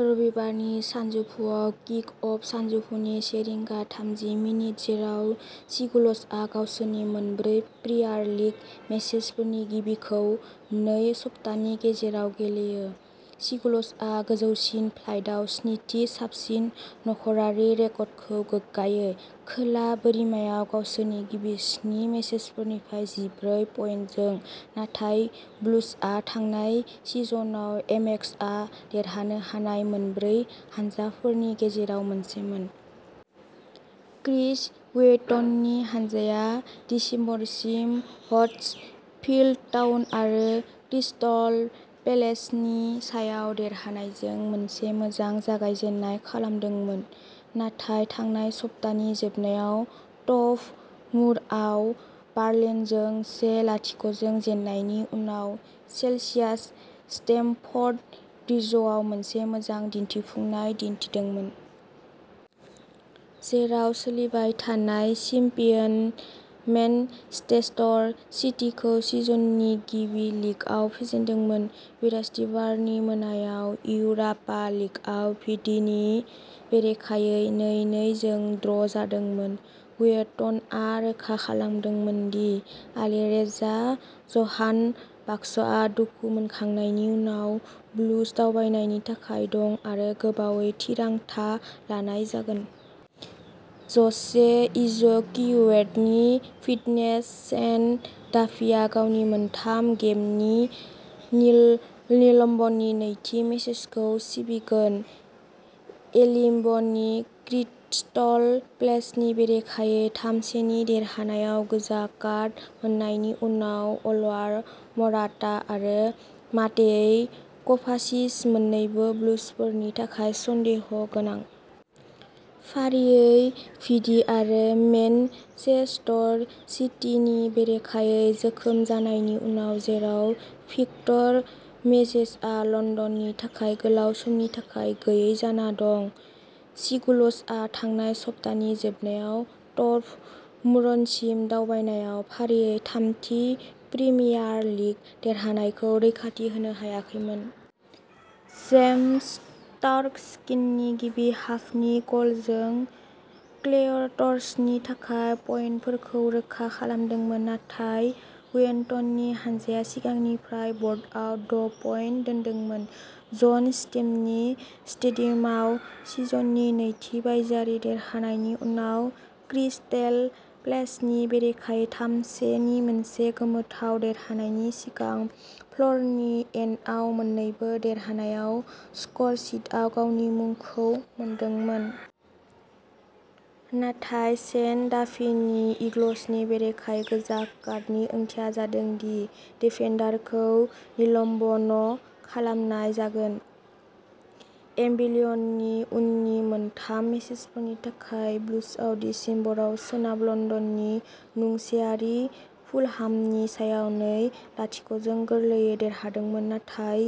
रबिबारनि सानजौफुआव kick off सानजौफुनि से रिंगा थाम्जि मिनिथ, जेराव सिगुल्सआ गावसोरनि मोनब्रै प्रिमियार लिग मेचफोरनि गिबिखौ नै सप्तानि गेजेराव गेलेयो। सिगुल्सआ गोजौसिन फ्लाइटआव स्निथि साबसिन न'खरारि रेकर्डखौ गोगगायो, खोला बोरिमायाव गावसोरनि गिबि स्नि मेचफोरनिफ्राय जिब्रै पइन्टजों, नाथाय ब्लुजआ थांनाय सिजनआव एमेक्सआव देरहानो हानाय मोनब्रै हानजाफोरनि गेजेराव मोनसेमोन। क्रिस ह्यूटननि हानजाया दिसेम्बरसिम हडर्सफील्ड टाउन आरो क्रिस्टल पेलेसनि सायाव देरहानायजों मोनसे मोजां जागायजेन्नाय खालामदोंमोन। नाथाय थांनाय सप्तानि जोबनायाव टर्फ मुरआव बार्नलीजों से लाथिख जों जेन्नायनि उनाव चेल्सिया स्टेमफर्ड ब्रिजआव मोनसे मोजां दिन्थिफुंनाय दिन्थिदोंमोन। जेराव सोलिबाय थानाय चेम्पियन मेनचेस्टर सिटीखौ सिजननि गिबि लीगआव फेजेनदोंमोन। बृहस्पतिबारनि मोनायाव इउर'पा लीगआव विडीनि बेरेखायै नै नै जों ड्र'जादोंमोन। ह्यूटनआ रोखा खालामदोंमोन दि आलिरेजा जहानबाख्शआ दुखु मोनखांनायनि उनाव ब्लुज दावबायनायनि थाखाय दं आरो गोबावै थिरांथा लानाय जागोन। ज'से इजक्विएर्ड'नि फिटनेस शेन डाफीआ गावनि मोनथाम गेमनि निल निलम्बननि नैथि मेचखौ सिबिगोन। एल्बियननि क्रिस्टेल पेलेसनि बेरेखायै थाम से नि देरहानायाव गोजा कार्ड मोननायनि उनाव अलवार मराटा आरो मातेओ क'भाचिच मोन्नैबो ब्लुजफोरनि थाखाय सन्देह गोनां। फारियै भिडी आरो मैनचेस्टर सिटीनि बेरेखायै जोखोम जानायनि उनाव जेराव भिक्टर मोजेसआ लन्दननि थाखाय गोलाव समनि थाखाय गैयै जाना दं। सिगुल्सआ थांनाय सप्तानि जोबनायाव टर्फ मुरसिम दावबायनायाव फारियै थामथि प्रिमियार लीग देरहानायखौ रैखाथि होनो हायाखैमोन। जेम्स टार्कवस्कीनि गिबि हाफनि गलजों क्लेयरट्सनि थाखाय पइन्टफोरखौ रोखा खालामदोंमोन। नाथाय ह्यूटननि हानजाया सिगांनिफ्राय ब'र्डआव द'पइन्ट दोनदोंमोन। जन स्मिथनि स्टेडियामाव सिजननि नैथि बायजोआरि देरहानायनि उनाव क्रिस्टेल प्लेसनि बेरेखायै थाम से नि मोनसे गोमोथाव देरहानायनि सिगां फ्ल'रिन एन्ड'आव मोन्नैबो देरहानायाव स्करशीटआव गावनि मुंखौ मोनदोंमोन। नाथाय शेन डाफीनि ईगल्सनि बेरेखायै गोजा कार्डनि ओंथिया जादों दि डिफेन्डारखौ निलम्ब'न खालामनाय जागोन। एल्बियननि उननि मोनथाम मेचफोरनि थाखाय ब्लुजआ दिसेम्बराव सोनाब लन्दननि नसुंसेयारि फुलहामनि सायाव नै लाथिख जों गोरलैयै देरहादोंमोन। नाथाय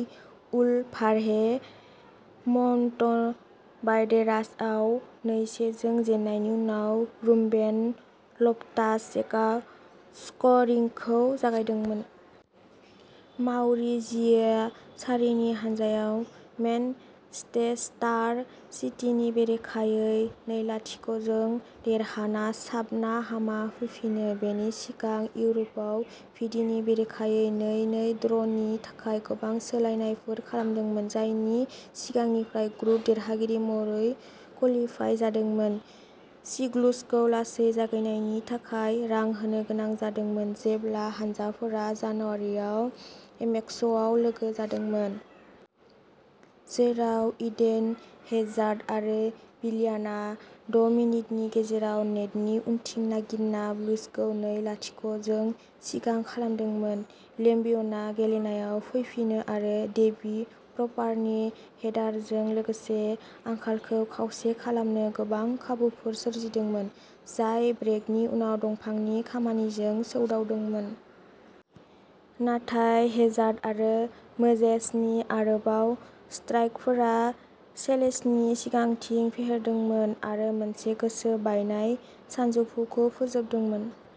उलभारहेम्पटन वान्डेरार्सआव नै से जों जेननायनि उनाव रुबेन लफ्टास-चेकआ स्करिंखौ जागायदोंमोन। माउरिजियो सार्रीनि हानजाया मेनचेस्टार सिटीनि बेरेखायै नै लाथिख जों देरहाना साबना हामना फैफिनो। बेनि सिगां इउर'पआव विडीनि बेरेखायै नै नै ड्र'नि थाखाय गोबां सोलायनायफोर खालामदोंमोन। जाय सिगांनिफ्रायनो ग्रुप देरहागिरि महरै कलिफाय जादोंमोन। सिगुल्सखौ लासै जागायजेन्नायनि थाखाय रां होनो गोनां जादोंमोन जेब्ला हानजाफोरा जानुवारिआव एमेक्सआव लोगो जादोंमोन। जेराव इडेन हेजार्ड आरो विलियानआ द'मिनिटनि गेजेराव नेटनि उनथिं नागिरना ब्लुजखौ नै लाथिख जों सिगां खालामदोंमोन। एल्बियनआ गेलेनायाव फैफिनो आरो डेवी प्रपारनि हेडारजों लोगोसे आंखालखौ खावसे खालामनो गोबां खाबुफोर सोरजिदोंमोन। जाय ब्रेकनि उनाव दंफांनि खामानिजों सौदावदोंमोन। नाथाय हेजार्ड आरो मोजेसनि आरोबाव स्ट्राइकफोरा चेलेसनि सिगांथिखौ फेहेरदोंमोन आरो मोनसे गोसो बायनाय सानजौफुखौ फोजोबदोंमोन।